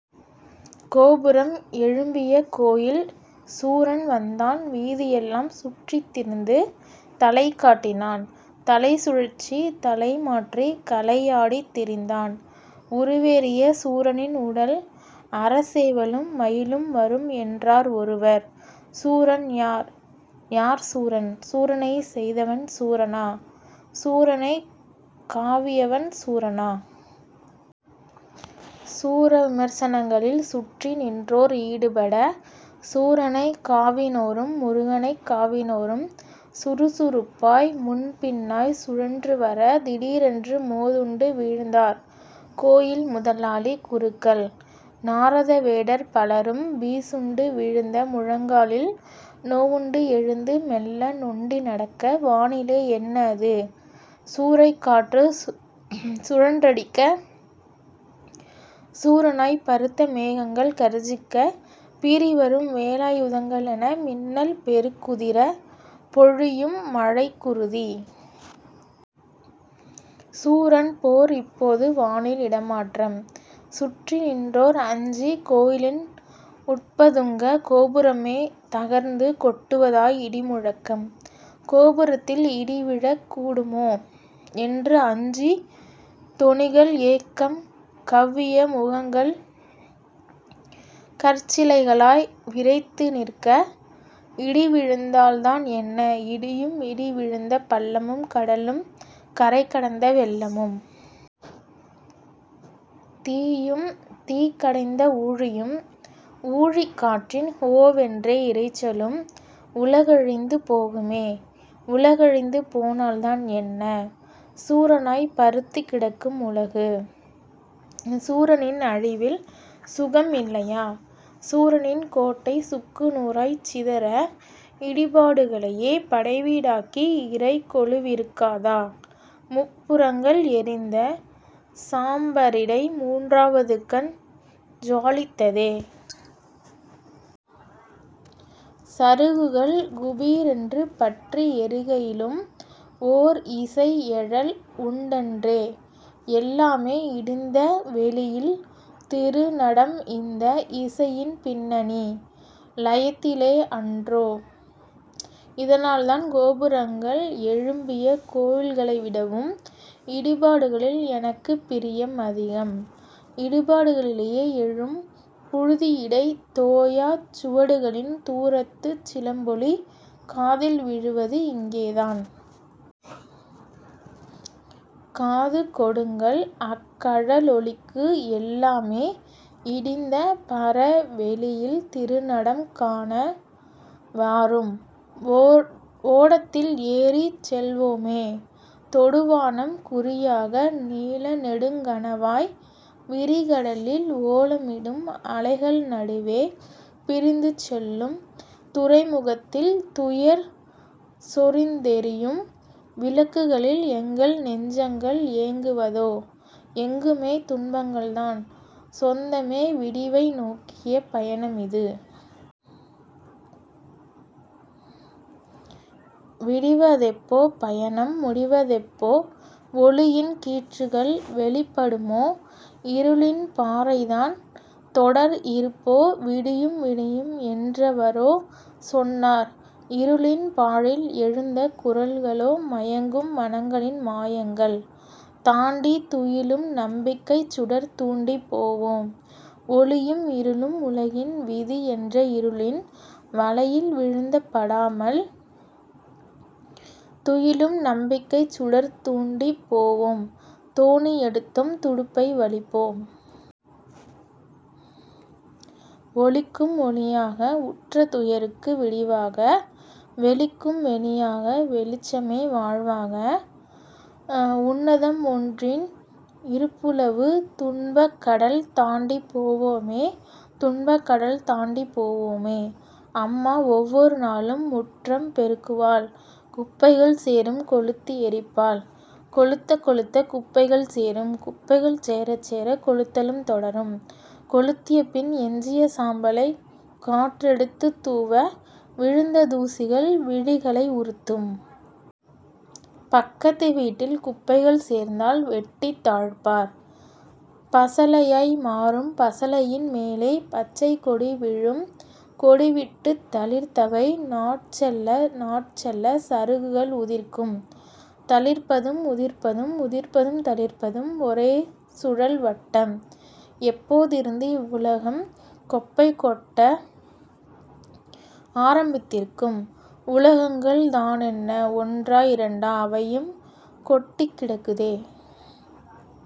கோபுரம் எழும்பிய கோயில். சூரன் வந்தான் வீதியெல்லாம் சுற்றித்திரிந்து தலைகாட்டினான். தலைசுழற்றி தலைமாற்றி 'கலை' யாடித் திரிந்தான். "உருவேறிய சூரனின் உடல் அற சேவலும் மயிலும் வரும்" என்றார் ஒருவர். 'சூரன் யார்? யார் சூரன்? ' 'சூரனைச் செய்தவன் சூரனா? ' 'சூரனைக் காவியவன் சூரனா? ' சூரவிமர்சனங்களில் சுற்றி நின்றோர் ஈடுபட சூரனைக் காவினோரும் முருகனைக் காவினோரும் சுறுசுறுப்பாய் முன்பின்னாய்ச் சுழன்று வர திடீரென்று மோதுண்டு வீழ்ந்தார் கோயில் முதலாளி, குருக்கள், நாரத வேடர் பலரும் வீசுண்டு வீழ்ந்து முழங்காலில் நோவுண்டு எழுந்து மெல்ல நொண்டிநடக்க..... வானிலே என்ன அது? சூறைக் காற்றுச் சுழன்றடிக்க சூரனாய்ப் பருத்த மேகங்கள் கர்ஜிக்க பீறிவரும் வேலாயுதங்களென மின்னல் பெருக்குதிர பொழியும் மழைக்குருதி. சூரன் போர் இப்போது வானில் இடமாற்றம் சுற்றிநின்றோர் அஞ்சி கோயிலின் உட்பதுங்க கோபுரமே தகர்ந்து கொட்டுவதாய் இடிமுழக்கம். 'கோபுரத்தில் இடிவிழக் கூடுமோ? ' என்று அஞ்சுந் தொனிகள்: ஏக்கம் கௌவிய முகங்கள் கற்சிலைகளாய் விறைத்துநிற்க-- இடிவிழுந்தால் தான் என்ன? இடியும் இடி விழுந்த பள்ளமும்.... கடலும் கரைகடந்த வெள்ளமும்.... தீயும் தீக்கடைந்த ஊழியும்.... ஊழிக்காற்றின் 'ஹோ'வென்ற இரைச்சலும்....? 'உலகழிந்து போகுமே! ' உலகழிந்து போனால் தான் என்ன? சூரனாய்ப் பருத்துக் கிடக்கும் உலகு. சூரனின் அழிவில் சுகம் இல்லையா? சூரனின் கோட்டை சுக்கு நூறாய்ச் சிதற இடிபாடுகளையே படைவீடாக்கி இறை கொலுவிருக்காதா? முப்புரங்கள் எரிந்த சாம்பரிடை மூன்றாவது கண் ஜுவாலித்ததே. சருகுகள் 'குபீரெ'ன்று பற்றி எரிகையிலும் ஓர் இசை எழல் உண்டன்றே. எல்லாமே இடிந்த வெளியில் திருநடம் இந்த இசையின் பின்னணி லயத்திலே அன்றோ! இதனால்தான் கோபுரங்கள் எழும்பிய கோயில்களைவிடவும் இடிபாடுகளில் எனக்குப் பிரியம் அதிகம். இடிபாடுகளிடையே எழும் புழுதியிடைத் தோயாச் சுவடுகளின் தூரத்துச் சிலம்பொலி காதில் விழுவது இங்கேதான். காது கொடுங்கள் அக்கழலொலிக்கு. எல்லாமே இடிந்த பரவெளியில் திருநடம் காண வாரும். ஓடத்தில் ஏறிச் செல்வோமே தொடுவானம் குறியாக நீல நெடுங் கனவாய் விரிகடலில் ஓலமிடும் அலைகள் நடுவே. பிரிந்து செல்லும் துறைமுகத்தில்-துயர் சொரிந்தெரியும் விளக்குகளில் எங்கள் நெஞ்சங்கள் ஏங்குவதோ? எங்குமே துன்பங்கள்தான் சொந்தமோ? விடிவை நோக்கிய பயணமிது। விடிவதெப்போ? பயணம் முடிவதெப்போ? ஒளியின் கீற்றுகள் வெளிப்படுமோ? இருளின் பாறைதான் தொடர் இருப்போ? விடியும் விடியும் என்றெவரோ சொன்னார் இருளின் பாழில் எழுந்த குரல்களோ? மயங்கும் மனங்களின் மாயங்கள் தாண்டி துயிலும் நம்பிக்கைச் சுடர் தூண்டிப் போவோம். ஒளியும் இருளும் உலகின் விதி என்ற இருளின் வலையில் விழுந்து படாமல் துயிலும் நம்பிக்கைச் சுடர் தூண்டிப் போவோம் தோணி எடுத்தோம் துடுப்பை வலிப்போம். ஒளிக்கும் ஒளியாக உற்ற துயருக்கு விடிவாக வெளிக்கும் வெளியாக வெளிச்சமே வாழ்வாக உன்னதம் ஒன்றின் இருப்புளது துன்பக் கடல் தாண்டிப் போவோமே துன்பக் கடல் தாண்டிப் போவோமே. அம்மா ஒவ்வொரு நாளும் முற்றம் பெருக்குவாள் குப்பைகள் சேரும் கொளுத்தி எரிப்பாள். கொளுத்தக் கொளுத்தக் குப்பைகள் சேரும் குப்பைகள் சேரச்சேர கொளுத்தலும் தொடரும் கொளுத்திய பின் எஞ்சிய சாம்பலை காற்றெடுத்துத் தூவ விழுந்த தூசிகள் விழிகளை உறுத்தும். பக்கத்து வீட்டில் குப்பைகள் சேர்ந்தால் வெட்டித் தாழ்ப்பார் பசளையாய் மாறும் பசளையின் மேலே பச்சை கொடி விழும் கொடிவிட்டுத் தளிர்த்தவை நாட்செல நாட்செல சருகுகள் உதிர்க்கும். தளிர்ப்பதும் உதிர்ப்பதும் உதிர்ப்பதும் தளிர்ப்பதும் ஒரே சுழல் வட்டம். எப்போதிருந்து இவ்வுலகம் குப்பை கொட்ட ஆரம்பித்திருக்கும்? உலகங்கள் தானென்ன ஒன்றா இரண்டா? அவையும் கொட்டிக் கிடக்குதே